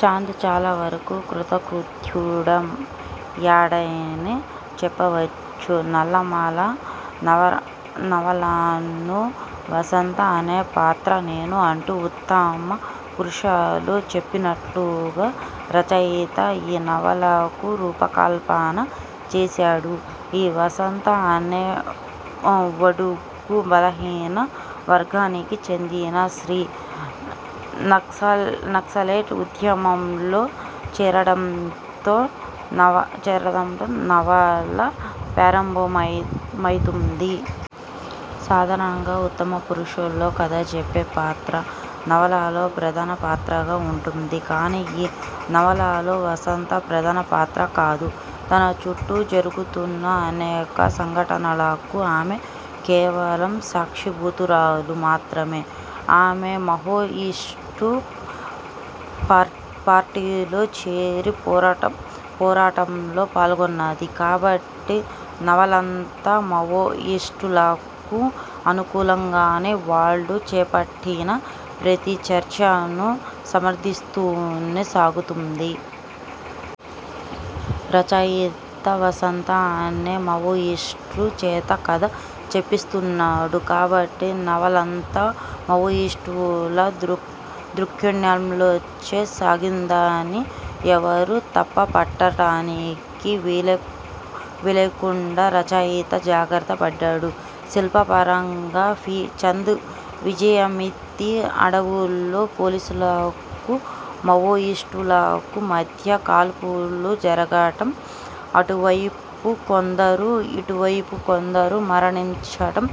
చంద్ చాలా వరకు కృతకృత్యుడయ్యాడనే చెప్పవచ్చు. 'నల్లమల' నవలను వసంత అనే పాత్ర 'నేనూ' అంటూ ఉత్తమ పురుషలో చెప్పినట్టుగా రచయిత ఈ నవలకు రూపకల్పన చేశాడు. ఈ వసంత అనే బడుగు బలహీన వర్గానికి చెందిన స్త్రీ నక్సలైట్ ఉద్యమంలో చేరడంతో నవల ప్రారంభమౌతుంది. సాధారణంగా ఉత్తమపురుషలో కథచెప్పే పాత్ర నవలలో ప్రధానపాత్రగా ఉంటుంది. కానీ ఈ నవలలో వసంత ప్రధానపాత్ర కాదు. తన చుట్టూ జరుగుతున్న అనేక సంఘటనలకు ఆమె కేవలం సాక్షీభూతురాలు మాత్రమే. ఆమె మావోయిస్టు పార్టీలో చేరి పోరాటంలో పాల్గొన్నది కాబట్టి నవలంతా మావోయిస్టులకు అనుకూలంగానే, వాళ్లు చేపట్టిన ప్రతి చర్చను సమర్థిస్తూనే సాగుతుంది. రచయిత వసంత అనే మావోయిస్టు చేత కథ చెప్పిస్తున్నాడు కాబట్టి నవలంతా మావోయిస్టుల దృక్కోణంలోంచే సాగిందని ఎవరూ తప్పుపట్టటానికి వీల్లేకుండా రచయిత జాగ్రత్త పడ్డాడు. శిల్పపరంగా పి. చంద్ విజయమిది. అడవుల్లో పోలీసులకు, మావోయిస్టులకు మధ్య కాల్పులు జరగటం, అటువైపు కొందరు, ఇటువైపు కొందరు మరణించటం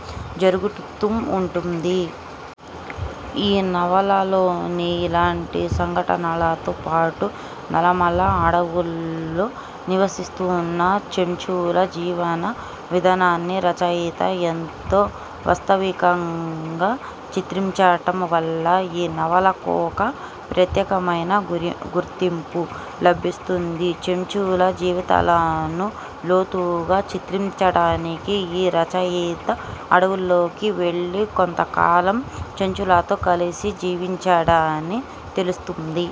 జరుగుతుం టుంది. ఈ నవలలోని ఇలాంటి సంఘటనలతో పాటు నల్లమల అడవుల్లో నివసిస్తున్న చెంచుల జీవన విధానాన్ని రచయిత ఎంతో వాస్తవికంగా చిత్రించటంవల్ల ఈ నవలకొక ప్రత్యేకమైన గుర్తింపు లభిస్తున్నది. చెంచుల జీవితాలను లోతుగా చిత్రించటానికి ఈ రచయిత అడవుల్లోకి వెళ్లి కొంతకాలం చెంచులతో కలిసి జీవించాడని తెలుస్తున్నది.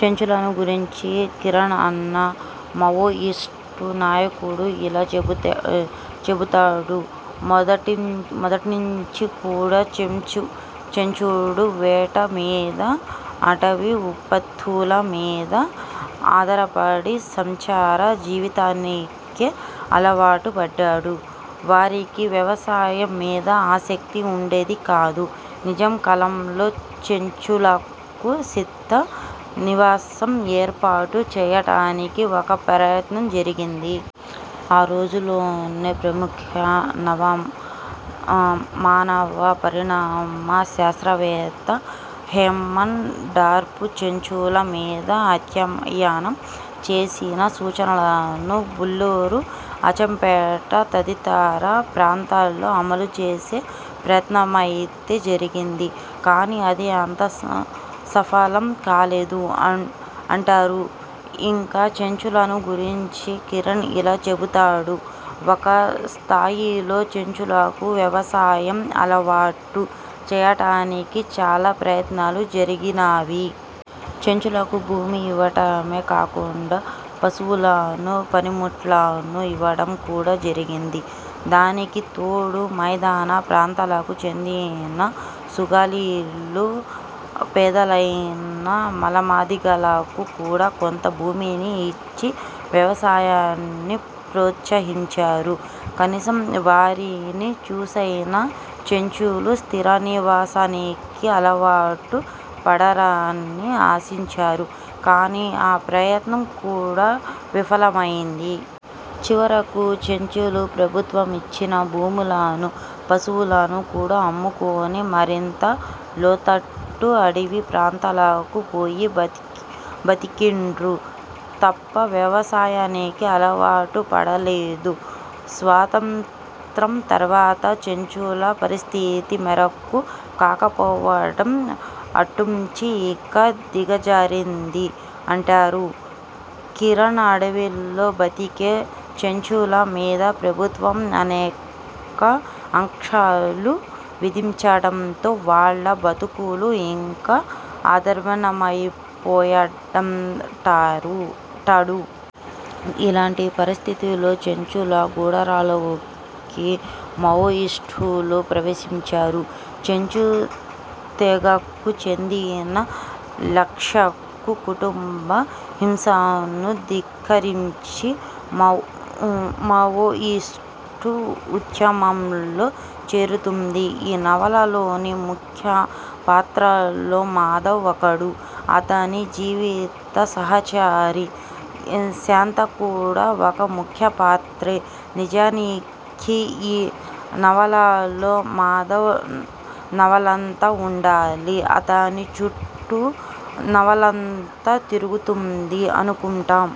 చెంచులను గురించి కిరణ్ అన్న మావోయిస్టు నాయకుడు ఇలా చెబుతాడు: ''మొదట్నించి కూడా చెంచులు వేట మీద, అటవీ ఉత్పత్తుల మీద ఆధారపడి సంచార జీవితానికే అలవాటు పడ్డారు. వారికి వ్యవసాయం మీద ఆసక్తి ఉండేది కాదు. నిజాం కాలంలో చెంచులకు స్థిద్ద నివాసం ఏర్పాటు చెయ్యటానికి ఒక ప్రయత్నం జరిగింది. ఆరోజుల్లోనే ప్రముఖ మానవ పరిణామ శాస్త్రవేత్త హేమన్ డార్ఫు చెంచుల మీద అధ్యయనం చేసిన సూచనలను బుల్లురు, అచ్చంపేట తదితర ప్రాంతాల్లో అమలు చేసే ప్రయత్నమైతే జరిగింది కాని అది అంత సఫలం కాలేదు'' అంటాడు. ఇంకా చెంచులను గురించి కిరణ్ ఇలా చెబుతాడు:''ఒక స్థాయిలో చెంచులకు వ్యవసాయం అలవాటు చెయ్యటానికి చాలా ప్రయత్నాలు జరిగినావి. చెంచులకు భూమి ఇవ్వటమే కాకుండా పశువులను, పనిముట్లను ఇవ్వడం కూడా జరిగింది. దానికి తోడు మైదాన ప్రాంతాలకు చెందిన సుగాలీలు, పేదలైన మాలమాదిగలకు కూడా కొంత భూమిని ఇచ్చి వ్యవసాయాన్ని ప్రోత్సహించారు. కనీసం వారిని చూసైనా చెంచులు స్థిరనివాసానికి అలవాటు పడ్తారని ఆశించారు. కానీ ఆ ప్రయత్నం కూడా విఫలమైంది. చివరకు చెంచులు ప్రభుత్వం ఇచ్చిన భూములను, పశువులను కూడా అమ్ముకొని మరింత లోతట్టు అడివి ప్రాంతాలకు పోయి బతికిండ్రు తప్ప వ్యవసాయానికి అలవాటు పడలేదు''. స్వాతంత్య్రం తర్వాత చెంచుల పరిస్థితి మెరుగు కాకపోవటం అటుంచి ఇంకా దిగజారింది అంటాడు కిరణ్. అడవిలో బతికే చెంచుల మీద ప్రభుత్వం అనేక ఆంక్షలు విధించటంతో వాళ్ళ బతుకులు ఇంకా అధర్వాన్నమైపోయాయంటాడు. ఇలాంటి పరిస్థితుల్లో చెంచుల గుడారాల్లోకి మావోయిస్టులు ప్రవేశించారు. చెంచు తెగకు చెందిన లక్షక్క కుటుంబ హింసను ధిక్కరించి మావోయిస్టు ఉద్యమంలో చేరుతుంది. ఈ నవలలోని ముఖ్య పాత్రల్లో మాధవ్ ఒకడు. అతని జీవిత సహచరి శాంత కూడా ఒక ముఖ్య పాత్రే. నిజానికి ఈ నవలలో మాధవే నవలంతా ఉండాలి, అతని చుట్టే నవలంతా తిరుగుతుంది అనుకుంటాం.